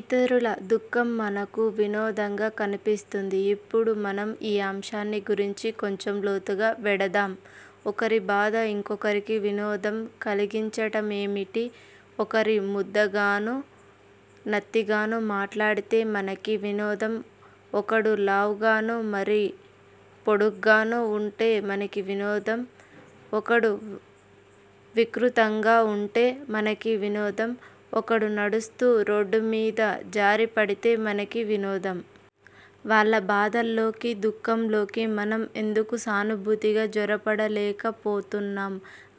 ఇతరుల దుఃఖం మనకు వినోదంగా కనిపిస్తుంది. ఇప్పుడు మనం ఈ అంశాన్ని గురించి కొంచెం లోతుగా వెడదాం. ఒకరి బాధ ఇంకొకరికి వినోదం కలిగించటమేమిటి? ఒకరి ముద్దగానో, నత్తిగానో మాట్లాడితే మనకి వినోదం ఒకడు లావుగానో, మరీ పొడుగ్గానో వుంటే మనకి వినోదం ఒకడు వికృతంగా వుంటే మనకి వినోదం ఒకడు నడుస్తూ రోడ్డుమీద జారిపడితే మనకి వినోదం. వాళ్ళ బాధల్లోకీ, దుఃఖంలోకీ మనం ఎందుకు సానుభూతిగా జొరబడలేక పోతున్నాం?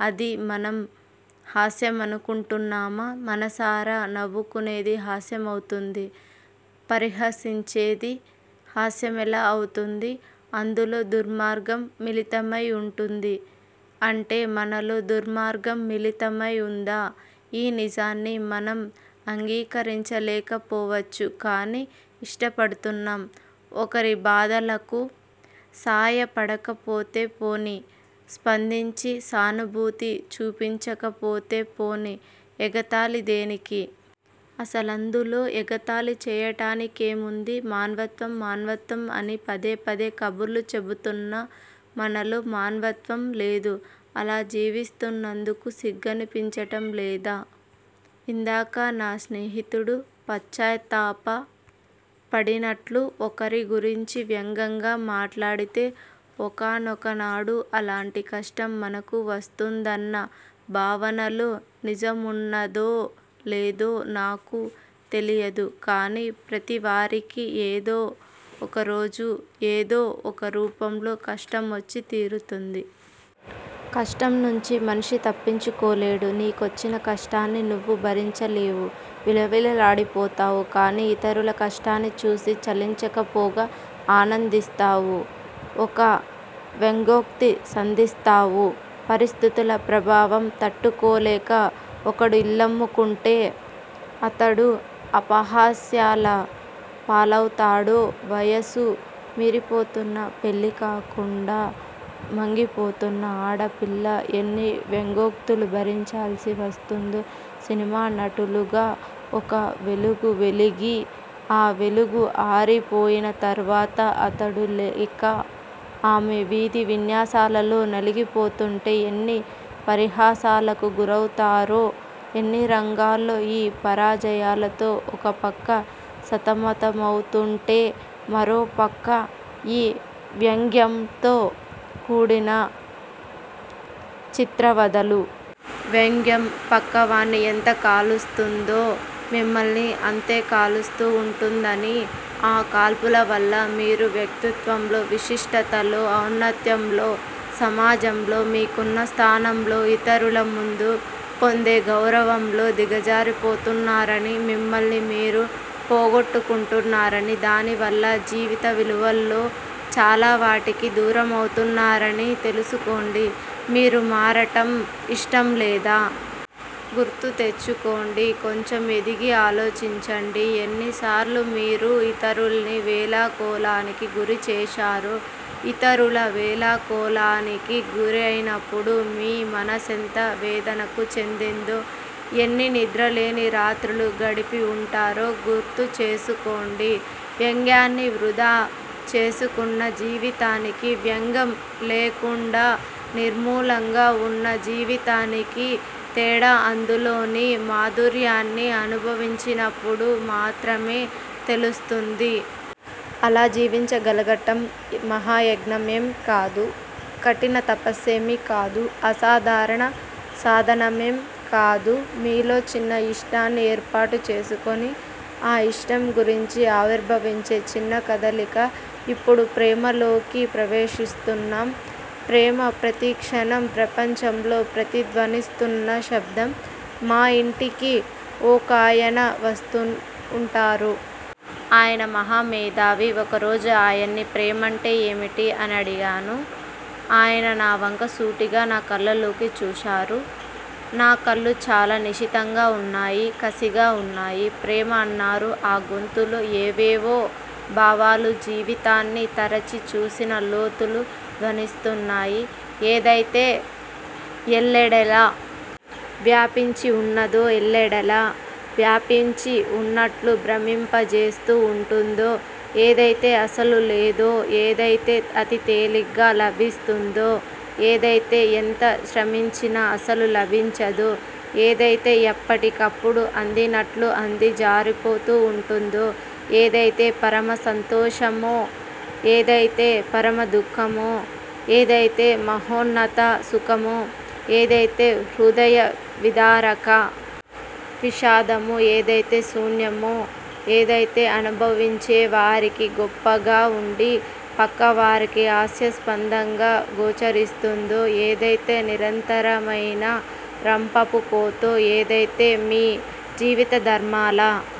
అది మనం హాస్యమనుకుంటున్నామా? మనసారా నవ్వుకునేది హాస్యమవుతుంది. పరిహసించేది హాస్యమెలా అవుతుంది? అందులో దుర్మార్గం మిళితమై వుంటుంది. అంటే మనలో దుర్మార్గం మిళితమై వుందా? ఈ నిజాన్ని మనం అంగీకరించలేకపోవచ్చు కాని ఇష్టపడుతున్నాం. ఒకరి బాధలకు సాయపడకపోతే పోనీ, స్పందించి సానుభూతి చూపించకపోతే పోనీ, ఎగతాళి దేనికి? అసలందులో ఎగతాళి చేయటానికేముంది? మానవత్వం మానవత్వం అని పదేపదే కబుర్లు చెపుతున్నా మనలో మానవత్వంలేదు. అలా జీవిస్తున్నందుకు సిగ్గనిపించటం లేదా? ఇందాక నా స్నేహితుడు పశ్చాత్తాపపడినట్లు ఒకరిగురించి వ్యంగ్యంగా మాట్లాడితే, ఒకానొకనాడు అలాంటి కష్టం మనకూ వస్తుందన్న భావనలో నిజమున్నదో లేదో నాకు తెలీయదు. కాని ప్రతివారికీ ఏదో ఒకరోజు ఏదో ఒకరూపంలో కష్టమొచ్చి తీరుతుంది. కష్టంనుంచి మనిషి తప్పించుకోలేడు. నీకొచ్చిన కష్టాన్ని నువ్వు భరించలేవు. విలవిల్లాడిపోతావు. కాని ఇతరుల కష్టాన్ని చూసి చలించకపోగా ఆనందిస్తావు. ఒక వ్యంగ్యోక్తి సంధిస్తావు. పరిస్థితుల ప్రభావం తట్టుకోలేక ఒకడు ఇల్లమ్ముకుంటే, అతడు అపహాస్యాల పాలవుతాడో, వయసు మీరిపోతున్నా పెళ్ళి కాకుండా మంగిపోతున్న ఆడపిల్ల ఎన్ని వ్యంగ్యోక్తులు భరించాల్సి వస్తోందో, సినిమా నటులుగా ఒక వెలుగు వెలిగి, ఆ వెలుగు ఆరిపోయిన తర్వాత అతడు లేక ఆమె విధి విన్యాసాలలో నలిగిపోతూంటే ఎన్ని పరిహాసాలకు గురవుతారో ఎన్నిరంగాల్లో ఈ పరాజయాలతో ఒకపక్క సతమతమవుతూంటే మరోపక్క ఈ వ్యంగ్యంతో కూడిన చిత్రవధలు! వ్యంగ్యం పక్కవాణ్ని ఎంత కాలుస్తుందో, మిమ్మల్నీ అంతే కాలుస్తూ వుంటుందనీ, ఆ కాల్పుల వల్ల మీరు వ్యక్తిత్వంలో, విశిష్టతలో, ఔన్నత్యంలో సమాజంలో మీకున్న స్థానంలో, ఇతరుల ముందు పొందే గౌరవంలో దిగజారిపోతున్నారనీ, మిమ్మల్ని మీరు పోగొట్టుకుంటున్నారనీ, దానివల్ల జీవితవిలువల్లో చాలావాటికి దూరమవుతున్నారని తెలుసుకోండి. మీరు మారటం ఇష్టంలేదా? గుర్తు తెచ్చుకోండి కొంచెం ఎదిగి ఆలోచించండి. ఎన్నిసార్లు మీరు ఇతరుల్ని వేళాకోళానికి గురి చేశారో, ఇతరుల వేళాకోళానికి గురైనప్పుడు మీ మనసెంత వేదనకు చెందిందో, ఎన్ని నిద్రలేని రాత్రులు గడిపి వుంటారో గుర్తుచేసుకోండి. వ్యంగ్యాన్ని వృధా చేసుకున్న జీవితానికీ, వ్యంగ్యం లేకుండా నిర్ములంగా వున్న జీవితానికీ తేడా అందులోని మాధుర్యాన్ని అనుభవించినప్పుడు మాత్రమే తెలుస్తుంది. అలా జీవించగలగటం మహాయజ్ఞమేం కాదు. కఠిన తపస్సేమీ కాదు. అసాధారణ సాధనేం కాదు. మీలో చిన్న ఇష్టాన్ని ఏర్పాటు చేసుకుని, ఆ ఇష్టంగురించి ఆవిర్భవించే చిన్న కదలిక. ఇప్పుడు ప్రేమలోకి ప్రవేశిస్తున్నాం. ప్రేమ ప్రతిక్షణం ప్రపంచంలో ప్రతిధ్వనిస్తూన్న శబ్దం. మా ఇంటికి ఒకాయన వస్తూ వుంటారు. ఆయన మహామేధావి. ఒక రోజాయన్ని ప్రేమంటే ఏమిటి? అనడిగాను. ఆయన నావంక సూటిగా నా కళ్ళలోకి చూశారు. నా కళ్ళు చాలా నిశితంగా వున్నాయి కసిగా వున్నాయి. ప్రేమ అన్నారు. ఆ గొంతులో ఏవేవో భావాలు జీవితాన్ని తరచి చూసిన లోతులు ధ్వనిస్తున్నాయి. ఏదైతే ఎల్లెడలా వ్యాపించివున్నదో, ఎల్లెడలా వ్యాపించి వున్నట్లు భ్రమింపచేస్తూ వుంటుందో, ఏదైతే అసలు లేదో, ఏదైతే అతితేలిగ్గా లభిస్తుందో, ఏదైతే ఎంత శ్రమించినా అసలు లభించదో, ఏదైతే ఎప్పటికప్పుడు అందినట్లు అంది జారిపోతూ వుంటుందో, ఏదైతే పరమ సంతోషమో, ఏదైతే పరమదుఃఖమో, ఏదైతే మహోన్నత సుఖమో, ఏదైతే హృదయవిదారక విషాదమో ఏదైతే శూన్యమో, ఏదైతే అనుభవించేవారికి గొప్పగా వుండి పక్కవారికి హాస్యస్పధంగా గోచరిస్తుందో, ఏదైతే నిరంతరమైన రంపపుకోతో, ఏదైతే మీ జీవితధర్మాల